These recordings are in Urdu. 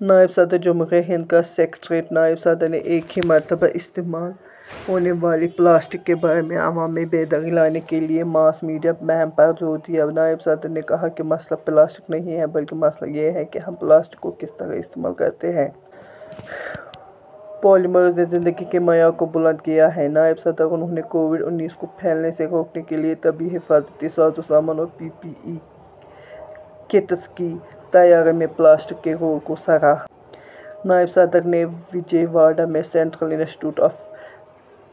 نائب صدر جمہوریہ ہند کا سکریٹریٹ نائب صدر نے ایک ہی مرتبہ استعمال ہونے والی پلاسٹک کے بارے میں عوام میں بیداری لانے کے لیے ماس میڈیا مہم پر زور دیا۔ نائب صدر نے کہا کہ مسئلہ پلاسٹک نہیں ہے بلکہ مسئلہ یہ ہے کہ ہم پلاسٹک کو کس طرح استعمال کرتے ہیں۔ پولیمرز نے زندگی کے معیار کو بلند کیا ہے: نائب صدر۔ انھوں نے کووڈ انیس کو پھیلنے سے روکنے کے لیے طبی حفاظتی سازوسامان اور پی پی ای کٹس کی تیاری میں پلاسٹک کے رول کو سراہا۔ نائب صدر نے وجے واڑہ میں central institute of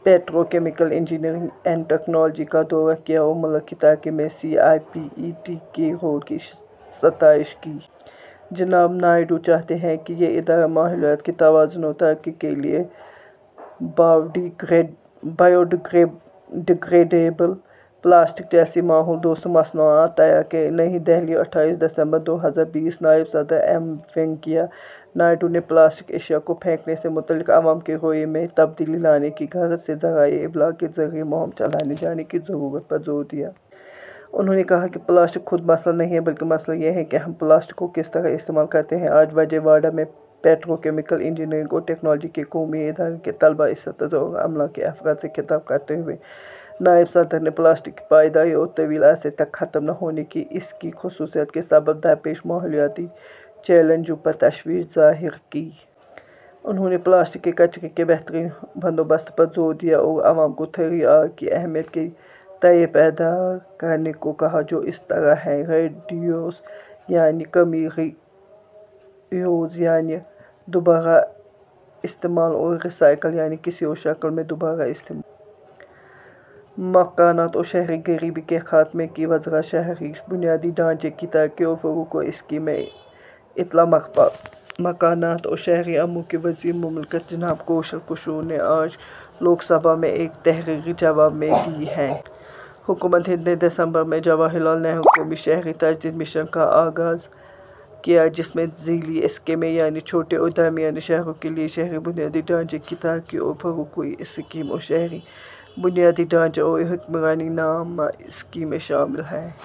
petrochemical engineering and technology کا دورہ کیا اور ملک کی ترقی میں C I P E T کے رول کی ستائش کی۔ جناب نائیڈو چاہتے ہیں کہ یہ ادارہ ماحولیات کے توازن اور ترقی کے لیے بایوڈی گریڈیبل پلاسٹک جیسی ماحول دوست مصنوعات تیار کرے۔ نئی دہلی، اٹھائیس دسمبر دو ہزار بیس: نائب صدر ایم وینکیا نائیڈو نے پلاسٹک اشیا کو پھینکنے سے متعلق عوام کے رویے میں تبدیلی لانے کی غرض سے ذرائع ابلاغ کے ذریعے مہم چلائے جانے کی ضرورت پر زور دیا۔ انھوں نے کہا کہ پلاسٹک خود مسئلہ نہیں ہے بلکہ مسئلہ یہ ہے کہ ہم پلاسٹک کو کس طرح استعمال کرتے ہیں۔ آج وجے واڑہ میں پیٹروکیمیکل انجینئرنگ اور ٹیکنالوجی کے قومی ادارے کے طلبا، اساتذہ اور عملے کے افراد سے خطاب کرتے ہوئے نائب صدر نے پلاسٹک کی پائیداری اور طویل عرصے تک ختم نہ ہونے کی اس کی خصوصیت کے سبب درپیش ماحولیاتی چیلنجوں پر تشویش ظاہر کی۔ انھوں نے پلاسٹک کے کچرے کے بہترین بندوبست پر زور دیا اور عوام کو تھری آر کی اہمیت کے تئیں بیدار کرنے کو کہا، جو اس طرح ہیں: ریڈیوس یعنی کمی، ری یوز یعنی دوبارہ استعمال اور ری سائیکل یعنی کسی اور شکل میں دوبارہ استعمال۔ مکانات اور شہری غریبی کے خاتمے کی وزارت شہری بنیادی ڈھانچے کی ترقی اور فروغ کی اسکیم۔ یہ اطلاع مکانات اور شہری امور کے وزیر مملکت جناب کوشل کشور نے آج لوک سبھا میں ایک تحریری جواب میں دی ہے۔ حکومت ہند نے دسمبر میں جواہر لال نہرو قومی شہری تجدید مشن کا آغاز کیا، جس میں ذیلی اسکیمیں یعنی چھوٹے اور درمیانے شہروں کے لیے شہری بنیادی ڈھانچے کی ترقی اور فروغ کی اسکیم اور شہری بنیادی ڈھانچہ اور حکمرانی نامی اسکیمیں شامل ہیں۔